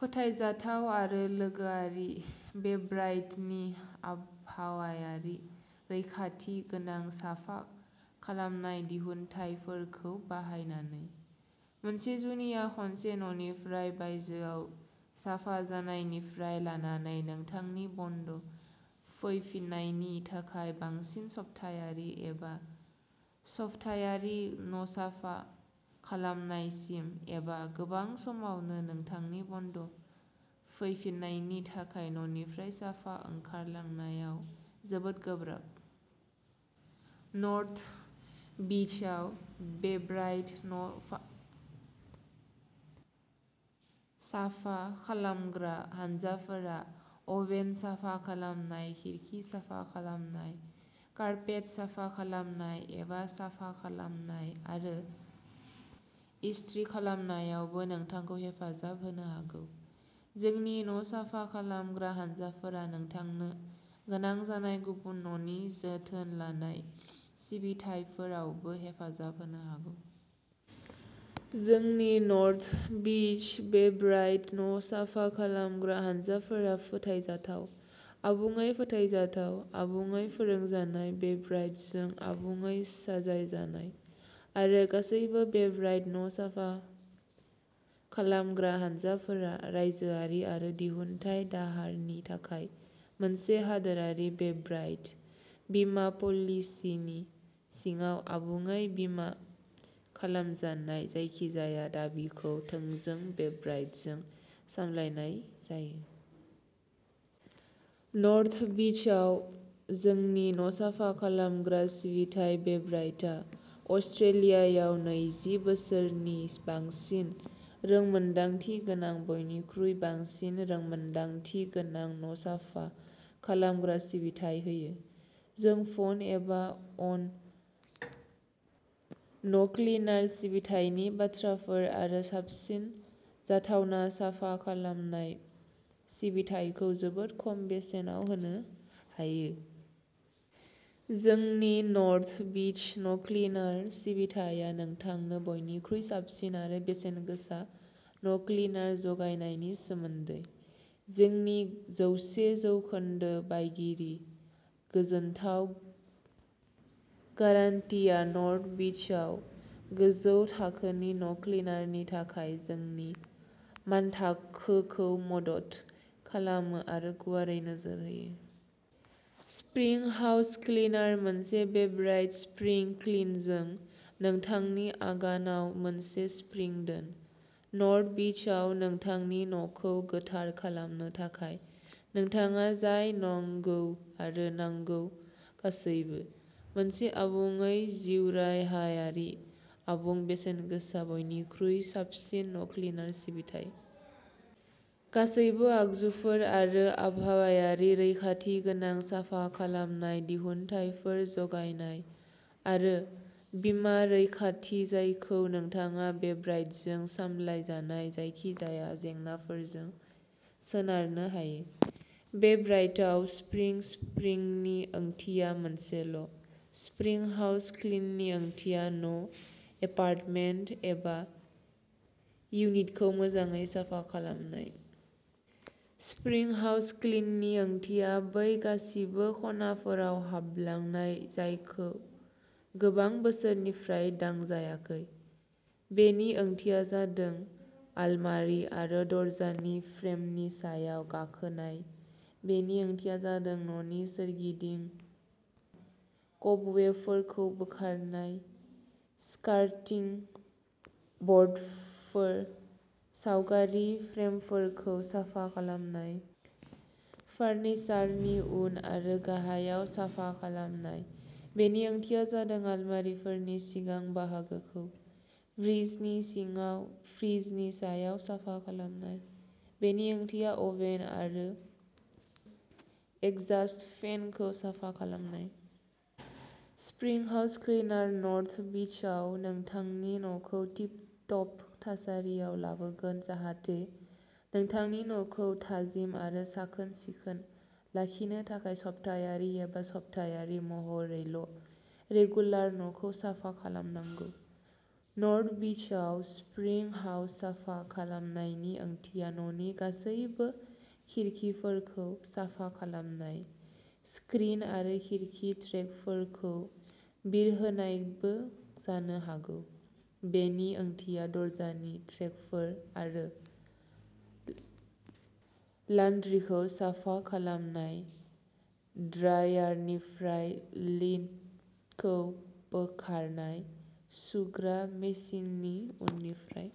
फोथायजाथाव आरो लोगोआरि, बेब्राइटनि आबहावायारि रैखाथि गोनां साफा खालामनाय दिहुनथायफोरखौ बाहायनानै। मोनसे जुनिया खनसे न'निफ्राय बायजोआव साफा जानायनिफ्राय लानानै नोंथांनि बन्ड फैफिन्नायनि थाखाय बांसिन सप्तायारि एबा सफ्थायारि न'साफा खालामनायसिम, एबा गोबां समावनो नोंथांनि बन्ड फैफिन्नायनि थाखाय न'निफ्राय साफा ओंखारलांनायाव जोबोद गोब्राब। नर्थ बीचआव बेब्राइट न'साफा खालामग्रा हानजाफोरा अभेन साफा खालामनाय, खिरखि साफा खालामनाय, कारपेट साफा खालामनाय, एबा साफा खालामनाय आरो इस्त्रि खालामनायावबो नोंथांखौ हेफाजाब होनो हागौ। जोंनि न'साफा खालामग्रा हानजाफोरा नोंथांनो गोनां जानाय गुबुन न'नि जोथोन लानाय सिबिथाइफोरावबो हेफाजाब होनो हागौ। जोंनि नर्थ बीच बेब्राइट न'साफा खालामग्रा हानजाफोरा फोथायजाथाव, आबुङै फोथायजाथाव, आबुङै फोरोंजानाय, बेब्राइटजों आबुङै साजायजानाय, आरो गासैबो बेब्राइट न'साफा खालामग्रा हानजाफोरा रायजोआरि आरो दिहुनथाय दाहारनि थाखाय मोनसे हादोरारि बेब्राइट बीमा पलिसिनि सिङाव आबुङै बीमा खालामजानाय, जायखिजाया दाबिखौ थोंजों बेब्राइटजों सामलायनाय जायो। नर्थ बीचआव जोंनि न'साफा खालामग्रा सिबिथाइ बेब्राइटआ अस्ट्रेलियायाव नैजि बोसोरनि बांसिन रोंमोनदांथि गोनां बयनिख्रुइ बांसिन रोंमोनदांथि गोनां न'साफा खालामग्रा सिबिथाइ होयो। जों फन एबा अन न'क्लिनार सिबिथायनि बाथ्राफोर आरो साबसिन जाथावना साफा खालामनाय सिबिथायखौ जोबोद खम बेसेनाव होनो हायो। जोंनि नर्थ बीच न'क्लिनार सिबिथाया नोंथांनो बयनिख्रुइ साबसिन आरो बेसेनगोसा न'क्लिनार जगायनायनि सोमोन्दै। जोंनि जौसे जौखोन्दो बायगिरि गोजोनथाव गारान्टिआ नर्थ बीचआव गोजौ थाखोनि न'क्लिनारनि थाखाय जोंनि मानथाखोखौ मदद खालामो आरो गुवारै नोजोर होयो। स्प्रिं हाउस क्लिनार मोनसे बेब्राइट स्प्रिं क्लिनजों नोंथांनि आगानआव मोनसे स्प्रिं दोन। नर्थ बीचआव नोंथांनि न'खौ गोथार खालामनो थाखाय नोंथाङा जाय नांगौ आरो नांगौ गासैबो। मोनसे आबुङै जिउराहायारि, आबुं, बेसेनगोसा, बयनिख्रुइ साबसिन न'क्लिनार सिबिथाइ। गासैबो आगजुफोर आरो आबहावायारि रैखाथि गोनां साफा खालामनाय दिहुनथायफोर जगायनाय, आरो बिमा रैखाथि जायखौ नोंथाङा बेब्राइटजों सामलायजानाय जायखिजाया जेंनाफोरजों सोनारनो हायो। बेब्राइटआव, स्प्रिं स्प्रिंनि ओंथिया मोनसेल'- स्प्रिं हाउस क्लिननि ओंथिया न', एपार्टमेन्ट एबा इउनिटखौ मोजाङै साफा खालामनाय। स्प्रिं हाउस क्लिननि ओंथिया बै गासिबो खनाफोराव हाबलांनाय जायखौ गोबां बोसोरनिफ्राय दांजायाखै। बेनि ओंथिया जादों आलमारि आरो दरजानि फ्रेमनि सायाव गाखोनाय; बेनि ओंथिया जादों न'नि सोरगिदिं क'बवेबफोरखौ बोखारनाय, स्कार्टिं ब'र्डफोर, सावगारि फ्रेमफोरखौ साफा खालामनाय, फारनिसारनि उन आरो गाहायाव साफा खालामनाय, बेनि ओंथिया जादों आलमारिफोरनि सिगां बाहागोखौ, फ्रिजनि सिङाव, फ्रिजनि सायाव साफा खालामनाय; बेनि ओंथिया अभेन आरो एग्जास्ट फेनखौ साफा खालामनाय। स्प्रिं हाउस क्लिनारआ नर्थ बीचआव नोंथांनि न'खौ टिप टप थासारियाव लाबोगोन जाहाथे नोंथांनि न'खौ थाजिम आरो साखोन-सिखोन लाखिनो थाखाय सप्तायारि एबा सप्तायारि महरैल' रेगुलार न'खौ साफा खालामनांगौ। नर्थ बीचआव स्प्रिं हाउस साफा खालामनायनि ओंथिया न'नि गासैबो खिरखिफोरखौ साफा खालामनाय, स्क्रिन आरो खिरखि ट्रेकफोरखौ बिरहोनायबो जानो हागौ, बेनि ओंथिया दरजानि ट्रेकफोर आरो लान्ड्रिखौ साफा खालामनाय-ड्रायारनिफ्राय लिन्टखौ बोखारनाय, सुग्रा मेसिननि उननिफ्राय।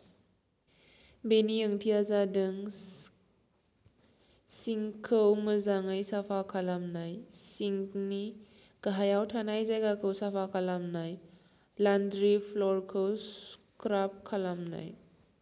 बेनि ओंथिया जादों सिंकखौ मोजाङै साफा खालामनाय, सिंकनि गाहायाव थानाय जायगाखौ साफा खालामनाय, लान्ड्रि फ्ल'रखौ स्क्राब खालामनाय।